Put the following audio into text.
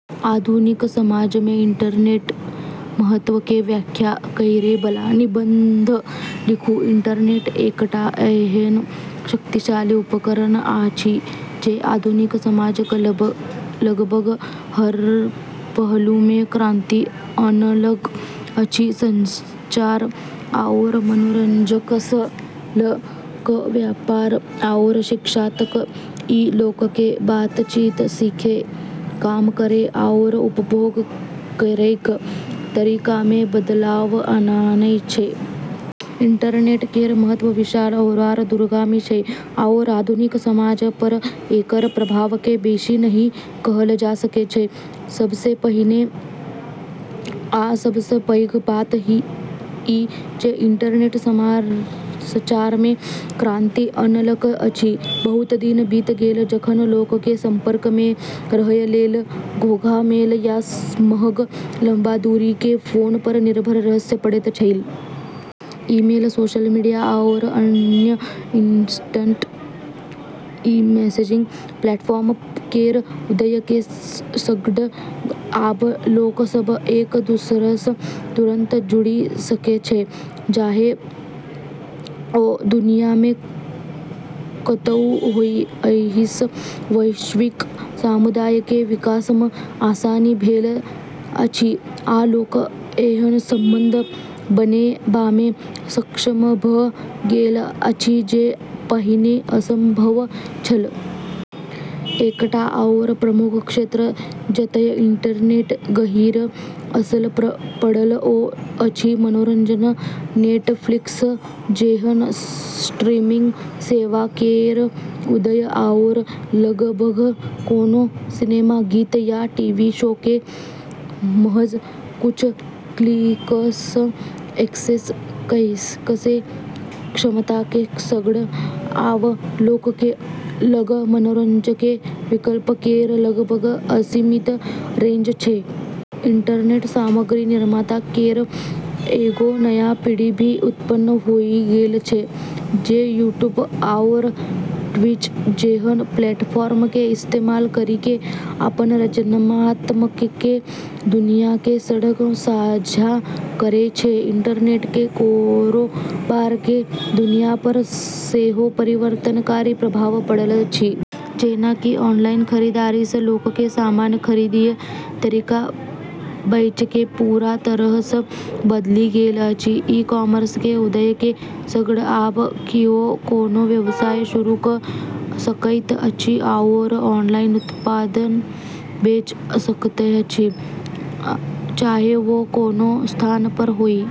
आधुनिक समाजमे इंटरनेटके महत्वके व्याख्या करैबला निबंध लिखु । इंटरनेट एकटा एहन शक्तिशाली उपकरण अछि जे आधुनिक समाजक लगभग हर पहलूमे क्रांति अनलक अछि। संचार आओर मनोरंजनसँ ल' क' व्यापार आओर शिक्षा तक, ई लोकके बातचीत, सीखै, काम करै, आओर उपभोग करैके तरीकामे बदलाव आननै छै। इंटरनेट केर महत्व विशाल आओर दूरगामी छै, आओर आधुनिक समाज पर एकर प्रभावके बेशी नहि कहल जा सकै छै। सबसँ पहिने आ सबसँ पैघ बात ई जे इंटरनेट संचारमे क्रांति अनलक अछि। बहुत दिन बीत गेल जखन लोकके संपर्कमे रहय लेल घोंघा मेल या महग लंबा दूरीके फोन पर निर्भर रहय पड़ैत छल। ईमेल, सोशल मीडिया, आओर अन्य इंस्टेंट मैसेजिंग प्लेटफॉर्म केर उदयके सङ्ग आब लोकसब एक-दूसरासँ तुरंत जुड़ि सकै छै, चाहे ओ दुनियामे कतहुँ होइ। एहिसँ वैश्विक समुदायके विकासमे आसानी भेल अछि आ लोक एहन संबंध बनेबामे सक्षम भ' गेल अछि जे पहिने असंभव छल। एकटा आओर प्रमुख क्षेत्र जतय इंटरनेटके गहीँर असर पड़ल ओ अछि मनोरंजन। नेटफ्लिक्स जेहन स्ट्रीमिंग सेवा केर उदय आओर लगभग कोनो सिनेमा, गीत, या टीवी शोके महज कुछ क्लिकसँ एक्सेस करैके क्षमताके सङ्ग, आब लोकके लग मनोरंजनके विकल्प केर लगभग असीमित रेंज छै। इंटरनेटसँ सामग्री निर्माता केर एगो नया पीढ़ी भी उत्पन्न होइ गेल छै, जे यूट्यूब आओर ट्विच जेहन प्लेटफॉर्मके इस्तेमाल करिके अपन रचनात्मकताके दुनियाके सङ्ग साझा करै छै। इंटरनेटके कारोबारके दुनिया पर सेहो परिवर्तनकारी प्रभाव पड़ल अछि। जेना कि ऑनलाइन खरीदारीसँ लोकके सामान खरीदय- तरीका बेचैके पूरा तरहसँ बदलि गेल अछि। ई-कॉमर्सके उदयके सङ्ग आब किओ कोनो व्यवसाय शुरू क' सकैत अछि आओर ऑनलाइन उत्पाद बेच सकैत अछि, चाहे ओ कोनो स्थान पर होइ ।